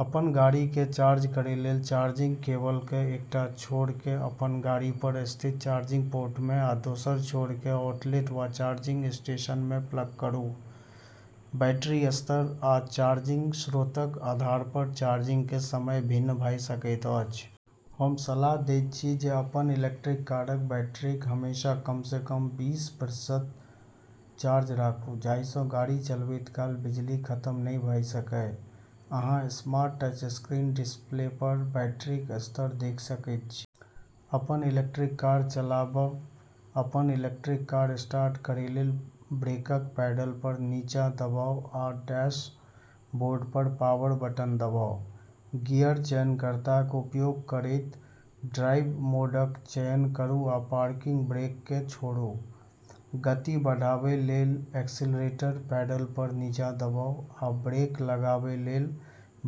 अपन गाड़ीकेँ चार्ज करै लेल चार्जिंग केबलक एकटा छोरकेँ अपन गाड़ीपर स्थित चार्जिंग पोर्टमे आ दोसर छोरकेँ आउटलेट वा चार्जिंग स्टेशनमे प्लग करू। बैटरी स्तर आ चार्जिंग स्रोतक आधारपर चार्जिंगक समय भिन्न भऽ सकैत अछि। हम सलाह दैत छी जे अपन इलेक्ट्रिक कारक बैटरीकेँ हमेशा कमसँ कम बीस प्रतिशत चार्ज राखू, जाहिसँ गाड़ी चलबैत काल बिजली खतम नहि भऽ सकै। अहाँ स्मार्ट टचस्क्रीन डिस्प्लेपर बैटरीक स्तर देखि सकैत छी। अपन इलेक्ट्रिक कार चलाबब अपन इलेक्ट्रिक कार स्टार्ट करै लेल ब्रेकक पैडलपर नीचा दबाउ आ डैशबोर्डपर पावर बटन दबाउ। गियर चयनकर्ताक उपयोग करैत ड्राइव मोडक चयन करू आ पार्किंग ब्रेककेँ छोड़ू। गति बढ़ाबै लेल एक्सीलेटरक पैडलपर नीचा दबाउ, आ ब्रेक लगाबै लेल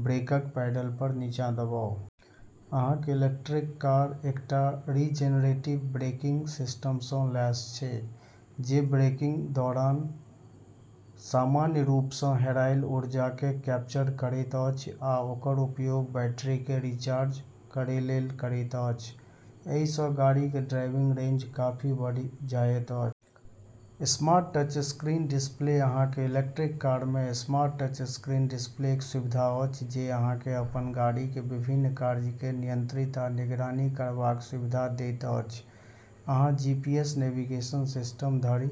ब्रेकक पैडलपर नीचा दबाउ। अहाँक इलेक्ट्रिक कार एकटा रिजनरेटिव ब्रेकिंग सिस्टमसँ लैस छै, जे ब्रेकिंगक दौरान सामान्य रूपसँ हेराएल ऊर्जाकेँ कैप्चर करैत अछि आ ओकर उपयोग बैटरीकेँ रिचार्ज करै लेल करैत अछि। एहिसँ गाड़ीक ड्राइविंग रेंज काफी बढ़ि जाइत अछि। स्मार्ट टचस्क्रीन डिस्प्ले अहाँक इलेक्ट्रिक कारमे स्मार्ट टचस्क्रीन डिस्प्लेक सुविधा अछि जे अहाँकेँ अपन गाड़ीक विभिन्न कार्यकेँ नियंत्रित आ निगरानी करबाक सुविधा दैत अछि। अहाँ जीपीएस नेविगेशन सिस्टम धरि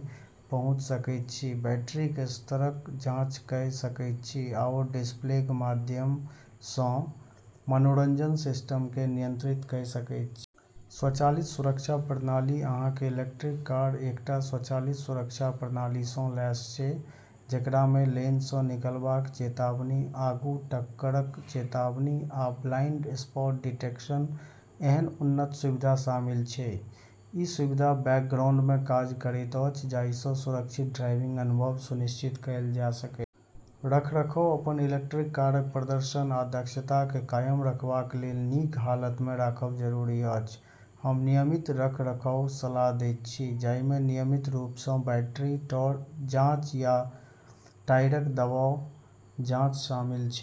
पहुँचि सकैत छी, बैटरीक स्तरक जाँच कऽ सकैत छी, आओर डिस्प्लेक माध्यमसँ मनोरंजन सिस्टमकेँ नियंत्रित कऽ सकैत छी। स्वचालित सुरक्षा प्रणाली अहाँक इलेक्ट्रिक कार एकटा स्वचालित सुरक्षा प्रणालीसँ लैस छै जेकरामे लेनसँ निकलबाक चेतावनी, आगूँ टक्करक चेतावनी, आ ब्लाइंड स्पॉट डिटेक्शन एहन उन्नत सुविधा शामिल छै। ई सुविधा बैकग्राउंडमे काज करैत अछि जाहिसँ सुरक्षित ड्राइविंग अनुभव सुनिश्चित कएल जा सकै। रखरखाव अपन इलेक्ट्रिक कारक प्रदर्शन आ दक्षताकेँ कायम रखबाक लेल नीक हालतमे राखब जरूरी अछि। हम नियमित रखरखावक सलाह दैत छी, जाहिमे नियमित रूपसँ बैटरी जाँच आ टायरक दबाव जाँच शामिल छै।